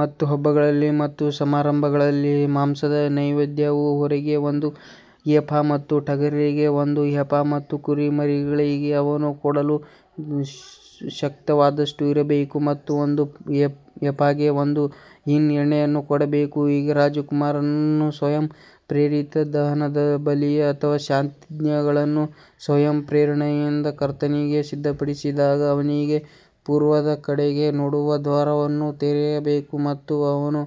ಮತ್ತು ಹಬ್ಬಗಳಲ್ಲಿ ಮತ್ತು ಸಮಾರಂಭಗಳಲ್ಲಿ ಮಾಂಸದ ನೈವೇದ್ಯವು ಹೋರಿಗೆ ಒಂದು ಎಫಾ ಮತ್ತು ಟಗರಿಗೆ ಒಂದು ಎಫಾ ಮತ್ತು ಕುರಿಮರಿಗಳಿಗೆ ಅವನು ಕೊಡಲು ಶಕ್ತವಾದಷ್ಟು ಇರಬೇಕು ಮತ್ತು ಒಂದು ಎಫಾಗೆ ಒಂದು ಹಿನ್ ಎಣ್ಣೆಯನ್ನು ಕೊಡಬೇಕು. ಈಗ ರಾಜಕುಮಾರನು ಸ್ವಯಂಪ್ರೇರಿತ ದಹನಬಲಿ ಅಥವಾ ಶಾಂತಿಯಜ್ಞಗಳನ್ನು ಸ್ವಯಂಪ್ರೇರಣೆಯಿಂದ ಕರ್ತನಿಗೆ ಸಿದ್ಧಪಡಿಸಿದಾಗ ಅವನಿಗಾಗಿ ಪೂರ್ವದ ಕಡೆಗೆ ನೋಡುವ ದ್ವಾರವನ್ನು ತೆರೆಯಬೇಕು ಮತ್ತು ಅವನು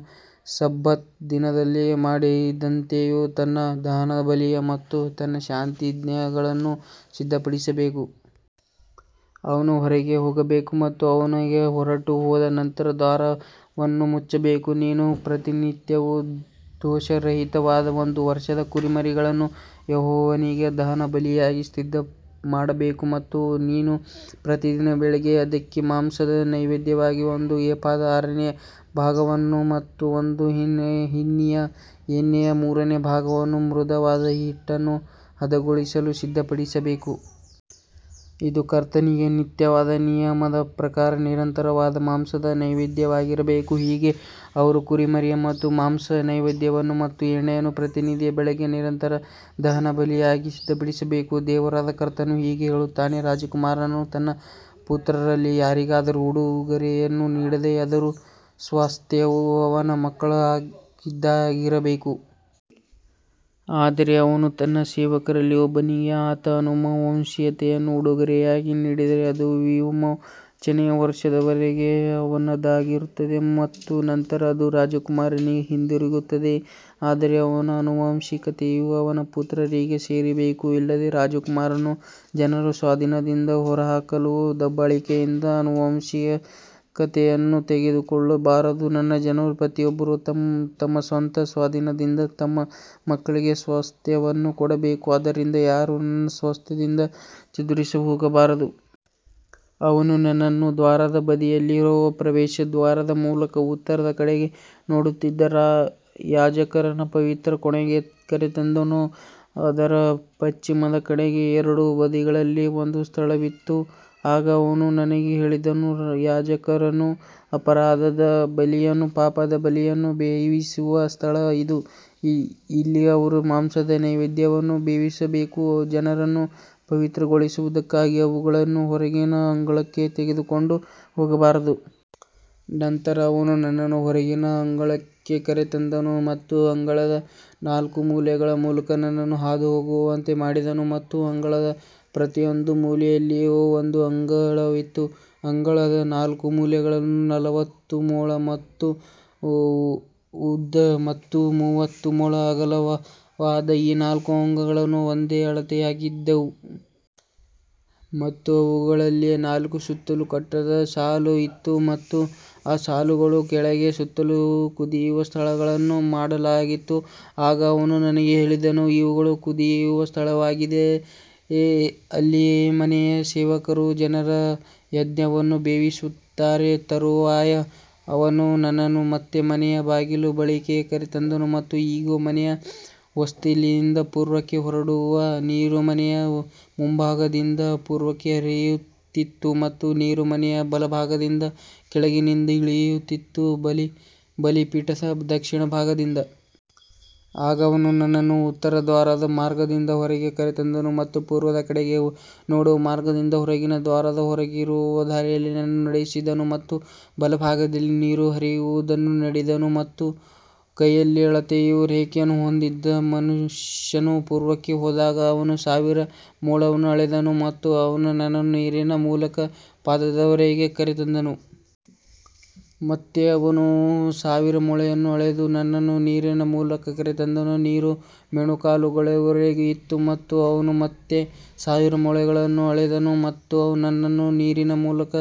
ಸಬ್ಬತ್ ದಿನದಲ್ಲಿ ಮಾಡಿದಂತೆಯೇ ತನ್ನ ದಹನಬಲಿ ಮತ್ತು ತನ್ನ ಶಾಂತಿಯಜ್ಞಗಳನ್ನು ಸಿದ್ಧಪಡಿಸಬೇಕು. ಅವನು ಹೊರಗೆ ಹೋಗಬೇಕು ಮತ್ತು ಅವನು ಹೊರಟುಹೋದ ನಂತರ ದ್ವಾರವನ್ನು ಮುಚ್ಚಬೇಕು. ನೀನು ಪ್ರತಿನಿತ್ಯವೂ ದೋಷರಹಿತವಾದ ಒಂದು ವರ್ಷದ ಕುರಿಮರಿಯನ್ನು ಯೆಹೋವನಿಗೆ ದಹನಬಲಿಯಾಗಿ ಸಿದ್ಧಮಾಡಬೇಕು. ಮತ್ತು ನೀನು ಪ್ರತಿ ದಿನ ಬೆಳಿಗ್ಗೆ ಅದಕ್ಕೆ ಮಾಂಸದ ನೈವೇದ್ಯವಾಗಿ ಒಂದು ಎಫಾದ ಆರನೇ ಭಾಗವನ್ನು ಮತ್ತು ಒಂದು ಹಿನ್ನಿನ ಎಣ್ಣೆಯ ಮೂರನೇ ಭಾಗವನ್ನು ಮೃದುವಾದ ಹಿಟ್ಟನ್ನು ಹದಗೊಳಿಸಲು ಸಿದ್ಧಪಡಿಸಬೇಕು. ಇದು ಕರ್ತನಿಗೆ ನಿತ್ಯವಾದ ನಿಯಮದ ಪ್ರಕಾರ ನಿರಂತರವಾದ ಮಾಂಸದ ನೈವೇದ್ಯವಾಗಿರಬೇಕು. ಹೀಗೆ ಅವರು ಕುರಿಮರಿ ಮತ್ತು ಮಾಂಸದ ನೈವೇದ್ಯವನ್ನು ಮತ್ತು ಎಣ್ಣೆಯನ್ನು ಪ್ರತಿದಿನ ಬೆಳಿಗ್ಗೆ ನಿರಂತರ ದಹನಬಲಿಗಾಗಿ ಸಿದ್ಧಪಡಿಸಬೇಕು. ದೇವರಾದ ಕರ್ತನು ಹೀಗೆ ಹೇಳುತ್ತಾನೆ, ರಾಜಕುಮಾರನು ತನ್ನ ಪುತ್ರರಲ್ಲಿ ಯಾರಿಗಾದರೂ ಉಡುಗೊರೆಯನ್ನು ನೀಡಿದರೆ ಅದರ ಸ್ವಾಸ್ತ್ಯವು ಅವನ ಮಕ್ಕಳದ್ದಾಗಿರಬೇಕು. ಆದರೆ ಅವನು ತನ್ನ ಸೇವಕರಲ್ಲಿ ಒಬ್ಬನಿಗೆ ತನ್ನ ಆನುವಂಶಿಕತೆಯನ್ನು ಉಡುಗೊರೆಯಾಗಿ ನೀಡಿದರೆ, ಅದು ವಿಮೋಚನೆಯ ವರ್ಷದವರೆಗೆ ಅವನದಾಗಿರುತ್ತದೆ ಮತ್ತು ನಂತರ ಅದು ರಾಜಕುಮಾರನಿಗೆ ಹಿಂದಿರುಗುತ್ತದೆ. ಆದರೆ ಅವನ ಆನುವಂಶಿಕತೆಯು ಅವನ ಪುತ್ರರಿಗೆ ಸೇರಿರಬೇಕು. ಇದಲ್ಲದೆ ರಾಜಕುಮಾರನು ಜನರ ಸ್ವಾಧೀನದಿಂದ ಹೊರಹಾಕಲು ದಬ್ಬಾಳಿಕೆಯಿಂದ ಆನುವಂಶಿಕತೆಯನ್ನು ತೆಗೆದುಕೊಳ್ಳಬಾರದು. ನನ್ನ ಜನರು ಪ್ರತಿಯೊಬ್ಬರೂ ತಮ್ಮ ಸ್ವಂತ ಸ್ವಾಧೀನದಿಂದ ತಮ್ಮ ಮಕ್ಕಳಿಗೆ ಸ್ವಾಸ್ತ್ಯವನ್ನು ಕೊಡಬೇಕು, ಆದ್ದರಿಂದ ಯಾರೂ ತನ್ನ ಸ್ವಾಸ್ತ್ಯದಿಂದ ಚದುರಿಹೋಗಬಾರದು. ಅವನು ನನ್ನನ್ನು ದ್ವಾರದ ಬದಿಯಲ್ಲಿರುವ ಪ್ರವೇಶದ್ವಾರದ ಮೂಲಕ ಉತ್ತರದ ಕಡೆಗೆ ನೋಡುತ್ತಿದ್ದ ಯಾಜಕರ ಪವಿತ್ರ ಕೋಣೆಗೆ ಕರೆತಂದನು. ಅದರ ಪಶ್ಚಿಮದ ಕಡೆಗೆ ಎರಡು ಬದಿಗಳಲ್ಲಿ ಒಂದು ಸ್ಥಳವಿತ್ತು. ಆಗ ಅವನು ನನಗೆ ಹೇಳಿದನು, ಯಾಜಕರು ಅಪರಾಧದ ಬಲಿಯನ್ನೂ ಪಾಪದ ಬಲಿಯನ್ನೂ ಬೇಯಿಸುವ ಸ್ಥಳ ಇದು. ಅಲ್ಲಿ ಅವರು ಮಾಂಸದ ನೈವೇದ್ಯವನ್ನು ಬೇಯಿಸಬೇಕು, ಜನರನ್ನು ಪವಿತ್ರಗೊಳಿಸುವುದಕ್ಕಾಗಿ ಅವುಗಳನ್ನು ಹೊರಗಿನ ಅಂಗಳಕ್ಕೆ ತೆಗೆದುಕೊಂಡು ಹೋಗಬಾರದು. ನಂತರ ಅವನು ನನ್ನನ್ನು ಹೊರಗಿನ ಅಂಗಳಕ್ಕೆ ಕರೆತಂದನು ಮತ್ತು ಅಂಗಳದ ನಾಲ್ಕು ಮೂಲೆಗಳ ಮೂಲಕ ನನ್ನನ್ನು ಹಾದುಹೋಗುವಂತೆ ಮಾಡಿದನು ಮತ್ತು ಅಂಗಳದ ಪ್ರತಿಯೊಂದು ಮೂಲೆಯಲ್ಲಿಯೂ ಒಂದು ಅಂಗಳವಿತ್ತು. ಅಂಗಳದ ನಾಲ್ಕು ಮೂಲೆಗಳಲ್ಲಿ ನಲವತ್ತು ಮೊಳ ಉದ್ದ ಮತ್ತು ಮೂವತ್ತು ಮೊಳ ಅಗಲವಾದ ಈ ನಾಲ್ಕು ಅಂಗಳಗಳು ಒಂದೇ ಅಳತೆಯವಾಗಿದ್ದವು. ಮತ್ತು ಅವುಗಳಲ್ಲಿ ನಾಲ್ಕೂ ಸುತ್ತಲೂ ಕಟ್ಟಡದ ಸಾಲು ಇತ್ತು ಮತ್ತು ಆ ಸಾಲುಗಳ ಕೆಳಗೆ ಸುತ್ತಲೂ ಕುದಿಯುವ ಸ್ಥಳಗಳನ್ನು ಮಾಡಲಾಗಿತ್ತು. ಆಗ ಅವನು ನನಗೆ ಹೇಳಿದನು, ಇವುಗಳು ಕುದಿಯುವ ಸ್ಥಳಗಳಾಗಿವೆ, ಅಲ್ಲಿ ಮನೆಯ ಸೇವಕರು ಜನರ ಯಜ್ಞವನ್ನು ಬೇಯಿಸುತ್ತಾರೆ. ತರುವಾಯ ಅವನು ನನ್ನನ್ನು ಮತ್ತೆ ಮನೆಯ ಬಾಗಿಲ ಬಳಿಗೆ ಕರೆತಂದನು ಮತ್ತು ಇಗೋ, ಮನೆಯ ಹೊಸ್ತಿಲಿಂದ ಪೂರ್ವಕ್ಕೆ ಹೊರಡುವ ನೀರು ಮನೆಯ ಮುಂಭಾಗದಿಂದ ಪೂರ್ವಕ್ಕೆ ಹರಿಯುತ್ತಿತ್ತು ಮತ್ತು ನೀರು ಮನೆಯ ಬಲಭಾಗದಿಂದ ಕೆಳಗಿನಿಂದ ಇಳಿಯುತ್ತಿತ್ತು, ಬಲಿಪೀಠದ ದಕ್ಷಿಣ ಭಾಗದಿಂದ. ಆಗ ಅವನು ನನ್ನನ್ನು ಉತ್ತರದ ದ್ವಾರದ ಮಾರ್ಗದಿಂದ ಹೊರಗೆ ಕರೆತಂದನು ಮತ್ತು ಪೂರ್ವದ ಕಡೆಗೆ ನೋಡುವ ಮಾರ್ಗದಿಂದ ಹೊರಗಿನ ದ್ವಾರದ ಹೊರಗಿರುವ ದಾರಿಯಲ್ಲಿ ನನ್ನನ್ನು ನಡೆಸಿದನು ಮತ್ತು ಬಲಭಾಗದಲ್ಲಿ ನೀರು ಹರಿಯುವುದನ್ನು ನೋಡಿದೆನು. ಮತ್ತು ಕೈಯಲ್ಲಿ ಅಳತೆಯ ರೇಖೆಯನ್ನು ಹೊಂದಿದ್ದ ಮನುಷ್ಯನು ಪೂರ್ವಕ್ಕೆ ಹೋದಾಗ ಅವನು ಸಾವಿರ ಮೊಳವನ್ನು ಅಳೆದನು ಮತ್ತು ಅವನು ನನ್ನನ್ನು ನೀರಿನ ಮೂಲಕ ಪಾದದವರೆಗೆ ಕರೆತಂದನು. ಮತ್ತೆ ಅವನು ಸಾವಿರ ಮೊಳವನ್ನು ಅಳೆದು ನನ್ನನ್ನು ನೀರಿನ ಮೂಲಕ ಕರೆತಂದನು, ನೀರು ಮೊಣಕಾಲುಗಳವರೆಗೆ ಇತ್ತು. ಮತ್ತು ಅವನು ಮತ್ತೆ ಸಾವಿರ ಮೊಳವನ್ನು ಅಳೆದನು ಮತ್ತು ನನ್ನನ್ನು ನೀರಿನ ಮೂಲಕ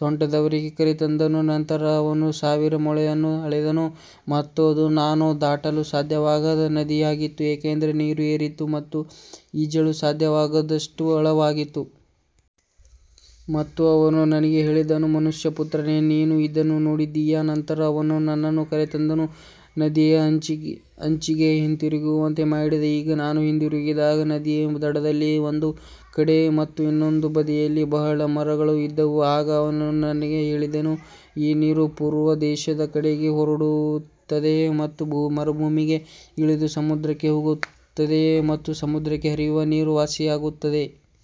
ಸೊಂಟದವರೆಗೆ ಕರೆತಂದನು. ನಂತರ ಅವನು ಸಾವಿರ ಮೊಳವನ್ನು ಅಳೆದನು ಮತ್ತು ಅದು ನಾನು ದಾಟಲು ಸಾಧ್ಯವಾಗದ ನದಿಯಾಗಿತ್ತು, ಏಕೆಂದರೆ ನೀರು ಏರಿತ್ತು ಮತ್ತು ಈಜಲು ಸಾಧ್ಯವಾಗದಷ್ಟು ಆಳವಾಗಿತ್ತು. ಮತ್ತು ಅವನು ನನಗೆ ಹೇಳಿದನು, ಮನುಷ್ಯಪುತ್ರನೇ, ನೀನು ಇದನ್ನು ನೋಡಿದ್ದೀಯಾ. ನಂತರ ಅವನು ನನ್ನನ್ನು ಕರೆತಂದು ನದಿಯ ಅಂಚಿಗೆ ಹಿಂತಿರುಗುವಂತೆ ಮಾಡಿದನು. ಈಗ ನಾನು ಹಿಂದಿರುಗಿದಾಗ ನದಿಯ ದಡದಲ್ಲಿ ಒಂದು ಕಡೆ ಮತ್ತು ಇನ್ನೊಂದು ಬದಿಯಲ್ಲಿ ಬಹಳ ಮರಗಳು ಇದ್ದವು. ಆಗ ಅವನು ನನಗೆ ಹೇಳಿದನು, ಈ ನೀರು ಪೂರ್ವ ದೇಶದ ಕಡೆಗೆ ಹೊರಡುತ್ತದೆ ಮತ್ತು ಮರುಭೂಮಿಗೆ ಇಳಿದು ಸಮುದ್ರಕ್ಕೆ ಹೋಗುತ್ತದೆ ಮತ್ತು ಸಮುದ್ರಕ್ಕೆ ಹರಿಯುವ ನೀರು ವಾಸಿಯಾಗುತ್ತದೆ.